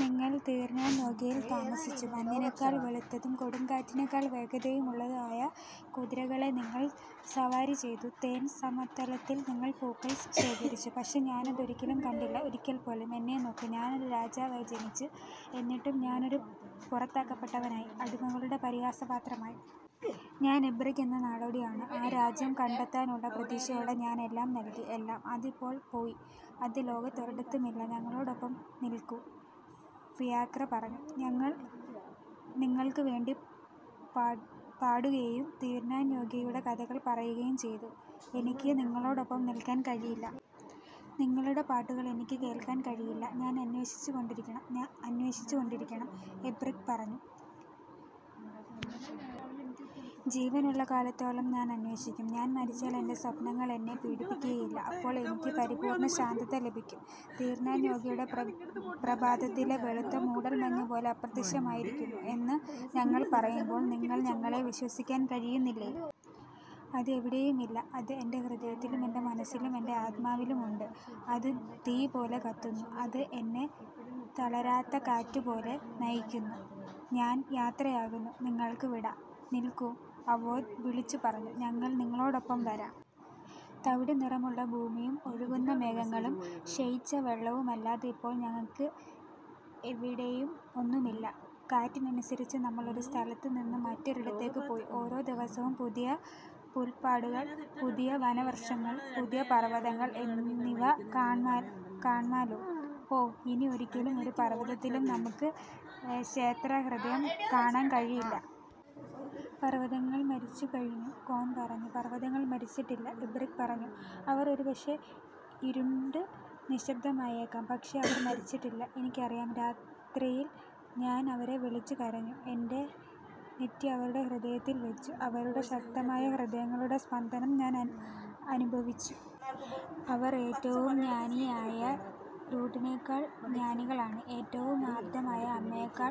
നിങ്ങൾ തിർ-നാൻ-ഓഗെയിൽ താമസിച്ചു; മഞ്ഞിനേക്കാൾ വെളുത്തതും കൊടുങ്കാറ്റിനെക്കാൾ വേഗതയുള്ളതുമായ കുതിരകളെ നിങ്ങൾ സവാരി ചെയ്തു; തേൻ സമതലത്തിൽ നിങ്ങൾ പൂക്കൾ ശേഖരിച്ചു. പക്ഷേ ഞാൻ അത് ഒരിക്കലും കണ്ടിട്ടില്ല ഒരിക്കൽ പോലും! എന്നെ നോക്കൂ! ഞാൻ ഒരു രാജാവായി ജനിച്ചു! എന്നിട്ടും ഞാൻ ഒരു പുറത്താക്കപ്പെട്ടവനായി, അടിമകളുടെ പരിഹാസപാത്രമായി! ഞാൻ ഐബ്രിക് എന്ന നാടോടി ആണ്! ആ രാജ്യം കണ്ടെത്താനുള്ള പ്രതീക്ഷയോടെ ഞാൻ എല്ലാം നൽകി--എല്ലാം. അത് ഇപ്പോൾ പോയി അത് ലോകത്തൊരിടത്തും ഇല്ല! "। "ഞങ്ങളോടൊപ്പം നിൽക്കൂ," ഫിയാക്ര പറഞ്ഞു, "ഞങ്ങൾ നിങ്ങൾക്കുവേണ്ടി പാടുകയും തിർ-നാൻ-ഓഗെയുടെ കഥകൾ പറയുകയും ചെയ്യും. " "എനിക്ക് നിങ്ങളോടൊപ്പം നിൽക്കാൻ കഴിയില്ല! നിങ്ങളുടെ പാട്ടുകൾ എനിക്ക് കേൾക്കാൻ കഴിയില്ല! ഞാൻ അന്വേഷിച്ചുകൊണ്ടിരിക്കണം; അന്വേഷിച്ചുകൊണ്ടിരിക്കണം" ഐബ്രിക് പറഞ്ഞു. "ജീവനുള്ള കാലത്തോളം ഞാൻ അന്വേഷിക്കും. ഞാൻ മരിച്ചാൽ എന്റെ സ്വപ്നങ്ങൾ എന്നെ പീഡിപ്പിക്കില്ല. അപ്പോൾ എനിക്ക് പരിപൂർണ്ണ ശാന്തത ലഭിക്കും. " "തിർ-നാൻ-ഓഗെ പ്രഭാതത്തിലെ വെളുത്ത മൂടൽമഞ്ഞ് പോലെ അപ്രത്യക്ഷമായിരിക്കുന്നു എന്ന് ഞങ്ങൾ പറയുമ്പോൾ നിങ്ങൾക്ക് ഞങ്ങളെ വിശ്വസിക്കാൻ കഴിയുന്നില്ലേ? അത് എവിടെയും ഇല്ല. " "അത് എന്റെ ഹൃദയത്തിലും എന്റെ മനസ്സിലും എന്റെ ആത്മാവിലും ഉണ്ട്! അത് തീ പോലെ കത്തുന്നു! അത് എന്നെ തളരാത്ത കാറ്റ് പോലെ നയിക്കുന്നു! ഞാൻ യാത്രയാകുന്നു. നിങ്ങള്ക്ക് വിട! " "നിൽക്കൂ! " ആവോദ് വിളിച്ചുപറഞ്ഞു, "ഞങ്ങൾ നിങ്ങളോടൊപ്പം വരാം. തവിട്ടുനിറത്തിലുള്ള ഭൂമിയും ഒഴുകുന്ന മേഘങ്ങളും ക്ഷയിച്ച വെള്ളവും അല്ലാതെ ഇപ്പോൾ ഞങ്ങൾക്ക് എവിടേയും ഒന്നുമില്ല. കാറ്റിനനുസരിച്ച് നമ്മൾ ഒരു സ്ഥലത്ത് നിന്ന് മറ്റൊരിടത്തേക്ക് പോയി ഓരോ ദിവസവും പുതിയ പുല്പാടങ്ങൾ, പുതിയ വനവൃക്ഷങ്ങൾ, പുതിയ പർവതങ്ങൾ എന്നിവ കാണാമല്ലോ! ഓ, ഇനി ഒരിക്കലും ഒരു പർവതത്തിലും നമുക്ക് നക്ഷത്രഹൃദയം കാണാൻ കഴിയില്ല! " "പർവതങ്ങൾ മരിച്ചു കഴിഞ്ഞു," കോൺ പറഞ്ഞു. "പർവതങ്ങൾ മരിച്ചിട്ടില്ല," ഐബ്രിക് പറഞ്ഞു. "അവർ ഒരുപക്ഷേ ഇരുണ്ട് നിശബ്ദമായിരിക്കാം, പക്ഷേ അവർ മരിച്ചിട്ടില്ല. എനിക്കറിയാം. രാത്രിയിൽ ഞാൻ അവരെ വിളിച്ച് കരഞ്ഞു, എന്റെ നെറ്റി അവരുടെ ഹൃദയത്തിൽ വച്ചു, അവരുടെ ശക്തമായ ഹൃദയങ്ങളുടെ സ്പന്ദനം ഞാന് അനുഭവിച്ചു. അവർ ഏറ്റവും ജ്ഞാനിയായ ഡ്രൂയിഡിനേക്കാൾ ജ്ഞാനികളാണ്, ഏറ്റവും ആർദ്രമായ അമ്മയേക്കാൾ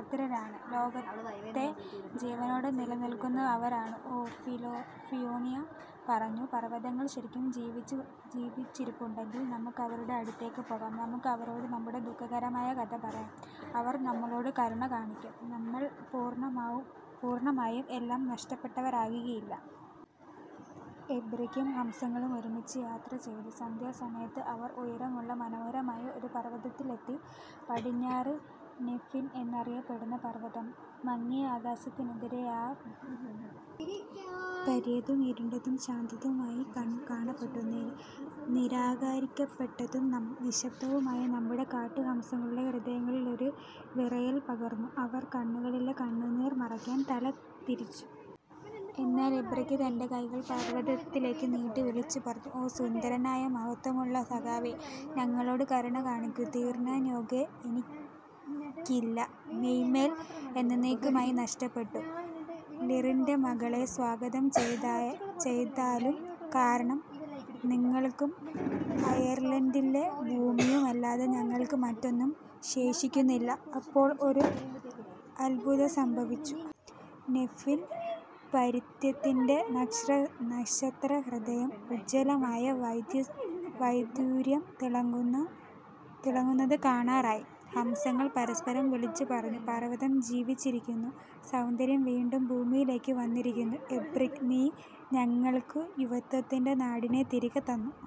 ആർദ്രരാണ്. ലോകത്തെ ജീവനോടെ നിലനിർത്തുന്നത് അവരാണ്. " "ഓ," ഫിയോണുല പറഞ്ഞു, "പർവതങ്ങൾ ശരിക്കും ജീവിച്ചിരിപ്പുണ്ടെങ്കിൽ നമുക്ക് അവരുടെ അടുത്തേക്ക് പോകാം; നമുക്ക് അവരോട് നമ്മുടെ ദുഃഖകരമായ കഥ പറയാം. അവർ നമ്മളോട് കരുണ കാണിക്കും, നമ്മൾ പൂർണ്ണമായും എല്ലാം നഷ്ടപ്പെട്ടവരാകില്ല. " ഐബ്രിക്കും ഹംസങ്ങളും ഒരുമിച്ച് യാത്ര ചെയ്തു, സന്ധ്യാസമയത്ത് അവർ ഉയരമുള്ള മനോഹരമായ ഒരു പർവതത്തിലെത്തി പടിഞ്ഞാറ് നെഫിൻ എന്നറിയപ്പെടുന്ന പർവതം. മങ്ങിയ ആകാശത്തിനെതിരെ ആ പര്വതും ഇരുണ്ടതും ശാന്തവുമായി കാണപ്പെട്ടു. നിരാകരിക്കപ്പെട്ടതും, നിശബ്ദവുമായ നമ്മുടെ കാട്ടു ഹംസങ്ങളുടെ ഹൃദയങ്ങളിൽ ഒരു വിറയല് പകർന്നു: അവർ കണ്ണുകളിലെ കണ്ണുനീർ മറയ്ക്കാൻ തല തിരിച്ചു. എന്നാൽ ഐബ്രിക് തന്റെ കൈകൾ പർവതത്തിലേക്ക് നീട്ടി വിളിച്ചുപറഞ്ഞു: "ഓ സുന്ദരനായ മഹത്വമുള്ള സഖാവേ, ഞങ്ങളോട് കരുണ കാണിക്കൂ! തിർ-നാൻ-ഓഗെ ഇനിയില്ല, മോയ്-മെൽ എന്നെന്നേക്കുമായി നഷ്ടപ്പെട്ടു! ലിറിന്റെ മക്കളെ സ്വാഗതം ചെയ്താലും, കാരണം നിങ്ങളും അയർലണ്ടിന്റെ ഭൂമിയും അല്ലാതെ ഞങ്ങൾക്ക് മറ്റൊന്നും ശേഷിക്കുന്നില്ല! " അപ്പോൾ ഒരു അത്ഭുതം സംഭവിച്ചു. നെഫിന് പര്വതത്തിന്റെ നക്ഷത്രഹൃദയം ഉജ്വലമായ വൈഡൂര്യം തിളങുന്നത് കാണാറായി! ഹംസങ്ങൾ പരസ്പരം വിളിച്ചുപറഞ്ഞു: "പർവ്വതം ജീവിച്ചിരിക്കുന്നു! സൗന്ദര്യം വീണ്ടും ഭൂമിയിലേക്ക് വന്നിരിക്കുന്നു! ഐബ്രിക്, നീ ഞങ്ങൾക്ക് യുവത്വത്തിന്റെ നാടിനെ തിരികെ തന്നു! "